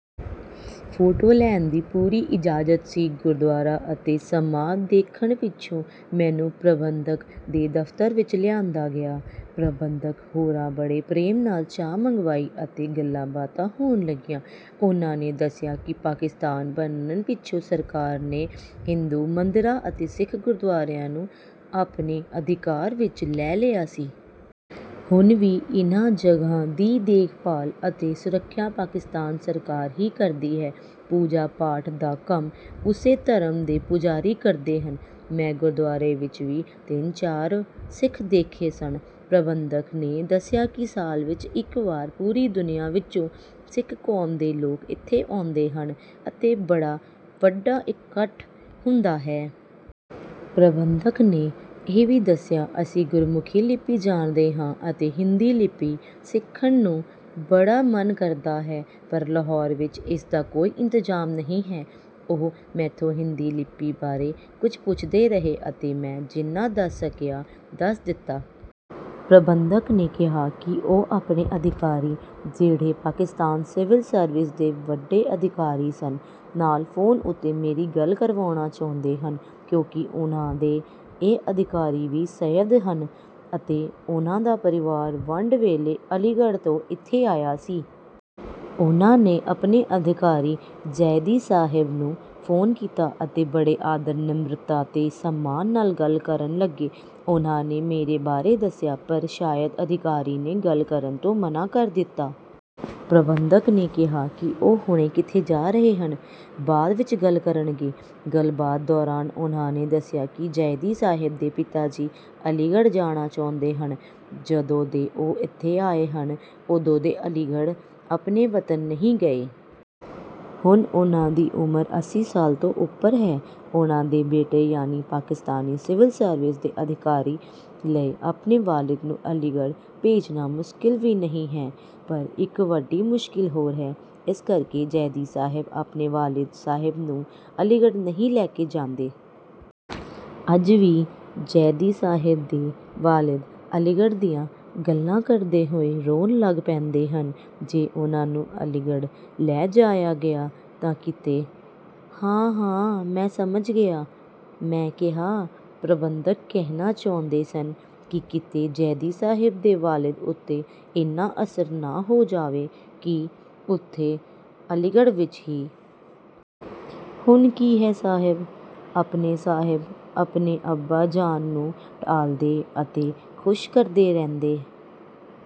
Photo ਲੈਣ ਦੀ ਪੂਰੀ ਇਜਾਜ਼ਤ ਸੀ। ਗੁਰਦੁਆਰਾ ਅਤੇ ਸਮਾਧ ਦੇਖਣ ਪਿੱਛੋਂ ਮੈਨੂੰ ਪ੍ਰਬੰਧਕ ਦੇ ਦਫ਼ਤਰ ਵਿੱਚ ਲਿਆਂਦਾ ਗਿਆ। ਪ੍ਰਬੰਧਕ ਹੋਰਾਂ ਬੜੇ ਪ੍ਰੇਮ ਨਾਲ ਚਾਹ ਮੰਗਵਾਈ ਅਤੇ ਗੱਲਾਂ-ਬਾਤਾਂ ਹੋਣ ਲੱਗੀਆਂ। ਉਹਨਾਂ ਨੇ ਦੱਸਿਆ ਕਿ ਪਾਕਿਸਤਾਨ ਬਣਨ ਪਿੱਛੋਂ ਸਰਕਾਰ ਨੇ ਹਿੰਦੂ ਮੰਦਰਾਂ ਅਤੇ ਸਿੱਖ ਗੁਰਦੁਆਰਿਆਂ ਨੂੰ ਆਪਣੇ ਅਧਿਕਾਰ ਵਿੱਚ ਲੈ ਲਿਆ ਸੀ। ਹੁਣ ਵੀ ਇਹਨਾਂ ਜਗ੍ਹਾਂ ਦੀ ਦੇਖਭਾਲ ਅਤੇ ਸੁਰੱਖਿਆ ਪਾਕਿਸਤਾਨ ਸਰਕਾਰ ਹੀ ਕਰਦੀ ਹੈ। ਪੂਜਾ-ਪਾਠ ਦਾ ਕੰਮ ਉਸੇ ਧਰਮ ਦੇ ਪੁਜਾਰੀ ਕਰਦੇ ਹਨ। ਮੈਂ ਗੁਰਦੁਆਰੇ ਵਿੱਚ ਵੀ ਤਿੰਨ-ਚਾਰ ਸਿੱਖ ਦੇਖੇ ਸਨ। ਪ੍ਰਬੰਧਕ ਨੇ ਦੱਸਿਆ ਕਿ ਸਾਲ ਵਿੱਚ ਇੱਕ ਵਾਰ ਪੂਰੀ ਦੁਨੀਆ ਵਿੱਚੋਂ ਸਿੱਖ ਕੌਮ ਦੇ ਲੋਕ ਇੱਥੇ ਆਉਂਦੇ ਹਨ ਅਤੇ ਬੜਾ ਵੱਡਾ ਇਕੱਠ ਹੁੰਦਾ ਹੈ। ਪ੍ਰਬੰਧਕ ਨੇ ਇਹ ਵੀ ਦੱਸਿਆ, "ਅਸੀਂ ਗੁਰਮੁਖੀ ਲਿੱਪੀ ਜਾਣਦੇ ਹਾਂ ਅਤੇ ਹਿੰਦੀ ਲਿੱਪੀ ਸਿੱਖਣ ਨੂੰ ਬੜਾ ਮਨ ਕਰਦਾ ਹੈ, ਪਰ ਲਾਹੌਰ ਵਿੱਚ ਇਸ ਦਾ ਕੋਈ ਇੰਤਜ਼ਾਮ ਨਹੀਂ ਹੈ।" ਉਹ ਮੈਥੋਂ ਹਿੰਦੀ ਲਿੱਪੀ ਬਾਰੇ ਕੁਝ ਪੁੱਛਦੇ ਰਹੇ ਅਤੇ ਮੈਂ ਜਿੰਨਾ ਦੱਸ ਸਕਿਆ, ਦੱਸ ਦਿੱਤਾ। ਪ੍ਰਬੰਧਕ ਨੇ ਕਿਹਾ ਕਿ ਉਹ ਆਪਣੇ ਅਧਿਕਾਰੀ, ਜਿਹੜੇ ਪਾਕਿਸਤਾਨ ਸਿਵਲ ਸਰਵਿਸ ਦੇ ਵੱਡੇ ਅਧਿਕਾਰੀ ਸਨ, ਨਾਲ ਫ਼ੋਨ ਉੱਤੇ ਮੇਰੀ ਗੱਲ ਕਰਵਾਉਣਾ ਚਾਹੁੰਦੇ ਹਨ ਕਿਉਂਕਿ ਉਹਨਾਂ ਦੇ ਇਹ ਅਧਿਕਾਰੀ ਵੀ ਸੱਯਦ ਹਨ ਅਤੇ ਉਹਨਾਂ ਦਾ ਪਰਿਵਾਰ ਵੰਡ ਵੇਲੇ ਅਲੀਗੜ੍ਹ ਤੋਂ ਇੱਥੇ ਆਇਆ ਸੀ। ਉਹਨਾਂ ਨੇ ਆਪਣੇ ਅਧਿਕਾਰੀ ਜ਼ੈਦੀ ਸਾਹਿਬ ਨੂੰ ਫ਼ੋਨ ਕੀਤਾ ਅਤੇ ਬੜੇ ਆਦਰ, ਨਿਮਰਤਾ ਤੇ ਸਨਮਾਨ ਨਾਲ ਗੱਲ ਕਰਨ ਲੱਗੇ। ਉਹਨਾਂ ਨੇ ਮੇਰੇ ਬਾਰੇ ਦੱਸਿਆ, ਪਰ ਸ਼ਾਇਦ ਅਧਿਕਾਰੀ ਨੇ ਗੱਲ ਕਰਨ ਤੋਂ ਮਨ੍ਹਾ ਕਰ ਦਿੱਤਾ। ਪ੍ਰਬੰਧਕ ਨੇ ਕਿਹਾ ਕਿ ਉਹ ਹੁਣੇ ਕਿਤੇ ਜਾ ਰਹੇ ਹਨ, ਬਾਅਦ ਵਿੱਚ ਗੱਲ ਕਰਨਗੇ। ਗੱਲਬਾਤ ਦੌਰਾਨ ਉਹਨਾਂ ਨੇ ਦੱਸਿਆ ਕਿ ਜ਼ੈਦੀ ਸਾਹਿਬ ਦੇ ਪਿਤਾ ਜੀ ਅਲੀਗੜ੍ਹ ਜਾਣਾ ਚਾਹੁੰਦੇ ਹਨ। ਜਦੋਂ ਦੇ ਉਹ ਇੱਥੇ ਆਏ ਹਨ, ਉਦੋਂ ਦੇ ਅਲੀਗੜ੍ਹ, ਆਪਣੇ ਵਤਨ ਨਹੀਂ ਗਏ। ਹੁਣ ਉਹਨਾਂ ਦੀ ਉਮਰ ਅੱਸੀ ਸਾਲ ਤੋਂ ਉੱਪਰ ਹੈ। ਉਹਨਾਂ ਦੇ ਬੇਟੇ ਯਾਨੀ ਪਾਕਿਸਤਾਨੀ ਸਿਵਲ ਸਰਵਿਸ ਦੇ ਅਧਿਕਾਰੀ ਲਈ ਆਪਣੇ ਵਾਲਿਦ ਨੂੰ ਅਲੀਗੜ੍ਹ ਭੇਜਣਾ ਮੁਸ਼ਕਲ ਵੀ ਨਹੀਂ ਹੈ, ਪਰ ਇੱਕ ਵੱਡੀ ਮੁਸ਼ਕਲ ਹੋਰ ਹੈ, ਇਸ ਕਰਕੇ ਜ਼ੈਦੀ ਸਾਹਿਬ ਆਪਣੇ ਵਾਲਿਦ ਸਾਹਿਬ ਨੂੰ ਅਲੀਗੜ੍ਹ ਨਹੀਂ ਲੈ ਕੇ ਜਾਂਦੇ। "ਅੱਜ ਵੀ ਜ਼ੈਦੀ ਸਾਹਿਬ ਦੇ ਵਾਲਿਦ ਅਲੀਗੜ੍ਹ ਦੀਆਂ ਗੱਲਾਂ ਕਰਦੇ ਹੋਏ ਰੋਣ ਲੱਗ ਪੈਂਦੇ ਹਨ... ਜੇ ਉਹਨਾਂ ਨੂੰ ਅਲੀਗੜ੍ਹ ਲੈ ਜਾਇਆ ਗਿਆ ਤਾਂ ਕਿਤੇ..." "ਹਾਂ-ਹਾਂ, ਮੈਂ ਸਮਝ ਗਿਆ," ਮੈਂ ਕਿਹਾ। ਪ੍ਰਬੰਧਕ ਕਹਿਣਾ ਚਾਹੁੰਦੇ ਸਨ ਕਿ ਕਿਤੇ ਜ਼ੈਦੀ ਸਾਹਿਬ ਦੇ ਵਾਲਿਦ ਉੱਤੇ ਇੰਨਾ ਅਸਰ ਨਾ ਹੋ ਜਾਵੇ ਕਿ ਉੱਥੇ ਅਲੀਗੜ੍ਹ ਵਿੱਚ ਹੀ...। "ਹੁਣ ਕੀ ਹੈ ਸਾਹਿਬ... ਆਪਣੇ ਸਾਹਿਬ, ਆਪਣੇ ਅੱਬਾ ਜਾਨ ਨੂੰ ਟਾਲਦੇ ਅਤੇ ਖ਼ੁਸ਼ ਕਰਦੇ ਰਹਿੰਦੇ